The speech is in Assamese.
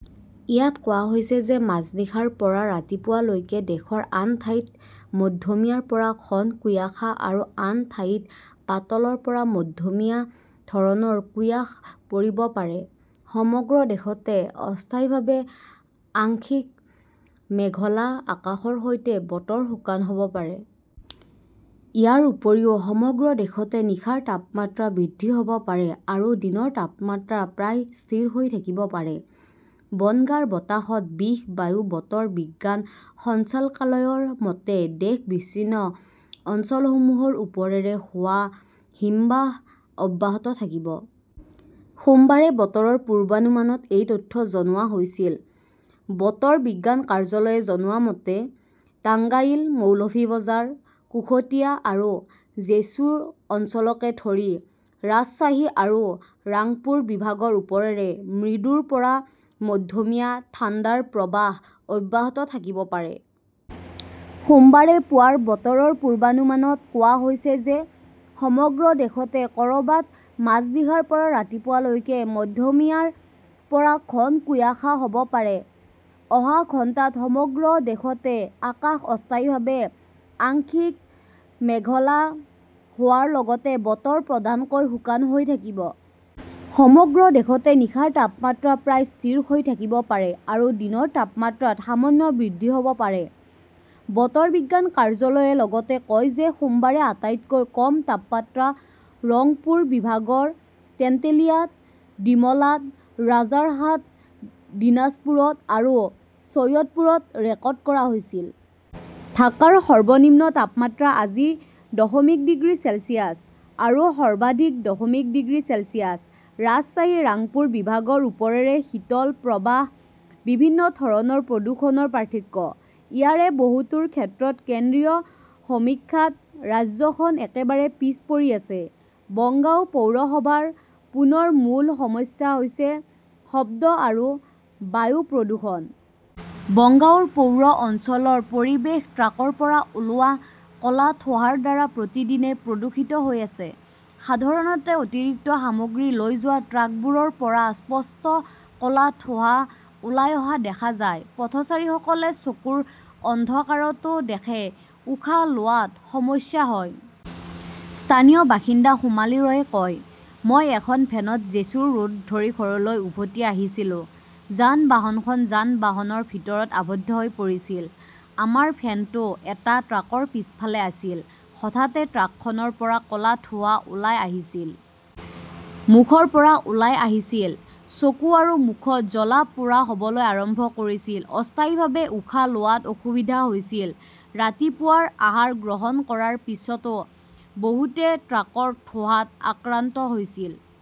ইয়াত কোৱা হৈছে যে, মাজনিশাৰ পৰা ৰাতিপুৱা লৈকে দেশৰ আন ঠাইত মধ্যমীয়াৰ পৰা ঘন কুয়াশা আৰু আন ঠাইত পাতলৰ পৰা মধ্যমীয়া ধৰণৰ কুয়াশ পৰিব পাৰে। সমগ্ৰ দেশতে অস্থায়ীভাৱে আংশিক মেঘলা আকাশৰ সৈতে বতৰ শুকান হ 'ব পাৰে। ইয়াৰ উপৰিও সমগ্ৰ দেশতে নিশাৰ তাপমাত্ৰা বৃদ্ধি হ 'ব পাৰে আৰু দিনৰ তাপমাত্ৰা প্ৰায় স্থিৰ হৈ থাকিব পাৰে। বনগাঁৰ বতাহত বিষ-বায়ু বতৰ বিজ্ঞান সঞ্চালকালয়ৰ মতে, দেশৰ বিচ্ছিন্ন অঞ্চলসমূহৰ ওপৰেৰে হোৱা হিমবাহ অব্যাহত থাকিব। সোমবাৰে বতৰৰ পূৰ্বানুমানত এই তথ্য জনোৱা হৈছিল। বতৰ বিজ্ঞান কাৰ্যলয়ে জনোৱা মতে, তাংগাইল, মৌলভি বজাৰ, কুশটিয়া আৰু জেছুৰ অঞ্চলকে ধৰি ৰাজশ্বাহী আৰু ৰাংপুৰ বিভাগৰ ওপৰেৰে মৃদুৰ পৰা মধ্যমীয়া ঠাণ্ডাৰ প্ৰৱাহ অব্যাহত থাকিব পাৰে। সোমবাৰে পুৱাৰ বতৰৰ পূৰ্বানুমানত কোৱা হৈছে যে ,সমগ্ৰ দেশতে ক'ৰবাত মাজনিশাৰ পৰা ৰাতিপুৱা লৈকে মধ্যমীয়াৰ পৰা ঘন কুয়াশা হ'ব পাৰে। অহা ঘণ্টাত সমগ্ৰ দেশতে আকাশ অস্থায়ীভাৱে আংশিক মেঘলা হোৱাৰ লগতে বতৰ প্ৰধানকৈ শুকান হৈ থাকিব। সমগ্ৰ দেশতে নিশাৰ তাপমাত্ৰা প্ৰায় স্থিৰ হৈ থাকিব পাৰে আৰু দিনৰ তাপমাত্ৰাত সামান্য বৃদ্ধি হ 'ব পাৰে। বতৰ বিজ্ঞান কাৰ্যলয়ে লগতে কয় যে সোমবাৰে আটাইতকৈ কম তাপমাত্ৰা ৰংপুৰ বিভাগৰ তেন্তেলিয়াত, ডিমলাত, ৰাজাৰহাটত দিনাজপুৰত আৰু চৈয়দপুৰত ৰেকৰ্ড কৰা হৈছিল। ঢাকাৰ সৰ্বনিম্ন তাপমাত্ৰা আজি দশমিক ডিগ্ৰী চেলছিয়াছ আৰু সৰ্বাধিক দশমিক ডিগ্ৰী চেলছিয়াছ। ৰাজশ্বাহী-ৰাংপুৰ বিভাগৰ ওপৰেৰে শীতল প্ৰৱাহ বিভিন্ন ধৰণৰ প্ৰদূষণৰ পাৰ্থক্য। ইয়াৰে বহুতোৰ ক্ষেত্ৰত কেন্দ্ৰীয় সমীক্ষাত ৰাজ্যখন একেবাৰে পিছ পৰি আছে। বঙ্গাও পৌৰসভাৰ পুনৰ মূল সমস্যা হৈছে শব্দ আৰু বায়ু প্ৰদূষণ। বঙ্গাও পৌৰ অঞ্চলৰ পৰিৱেশ ট্ৰাকৰ পৰা ওলোৱা ক'লা ধোঁৱাৰ দ্বাৰা প্ৰতিদিনে প্ৰদূষিত হৈ আছে। সাধাৰণতে, অতিৰিক্ত সামগ্ৰী লৈ যোৱা ট্ৰাকবোৰৰ পৰা স্পষ্ট ক'লা ধোঁৱা ওলাই অহা দেখা যায়। পথচাৰীসকলে চকুৰ অন্ধকাৰটো দেখে, উশাহ লোৱাত সমস্যা হয়। স্থানীয় বাসিন্দা সোমালী ৰয়ে কয়, "মই এখন ভেনত জেছুৰ ৰোড ধৰি ঘৰলৈ উভতি আহিছিলোঁ। যান-বাহনখন যান-বাহনৰ ভিৰত আবদ্ধ হৈ পৰিছিল। আমাৰ ভেনটো এটা ট্ৰাকৰ পিছফালে আছিল। হঠাতে ট্ৰাকখনৰ পৰা ক 'লা ধোঁৱা ওলাই আহিছিল। মুখৰ পৰা ওলাই আহিছিল। চকু আৰু মুখত জ্বলা-পোৰা হ'বলৈ আৰম্ভ কৰিছিল। অস্থায়ীভাৱে উশাহ লোৱাত অসুবিধা হৈছিল।" ৰাতিপুৱাৰ আহাৰ গ্ৰহণ কৰাৰ পিছতো বহুতে ট্ৰাকৰ ধোঁৱাত আক্ৰান্ত হৈছিল।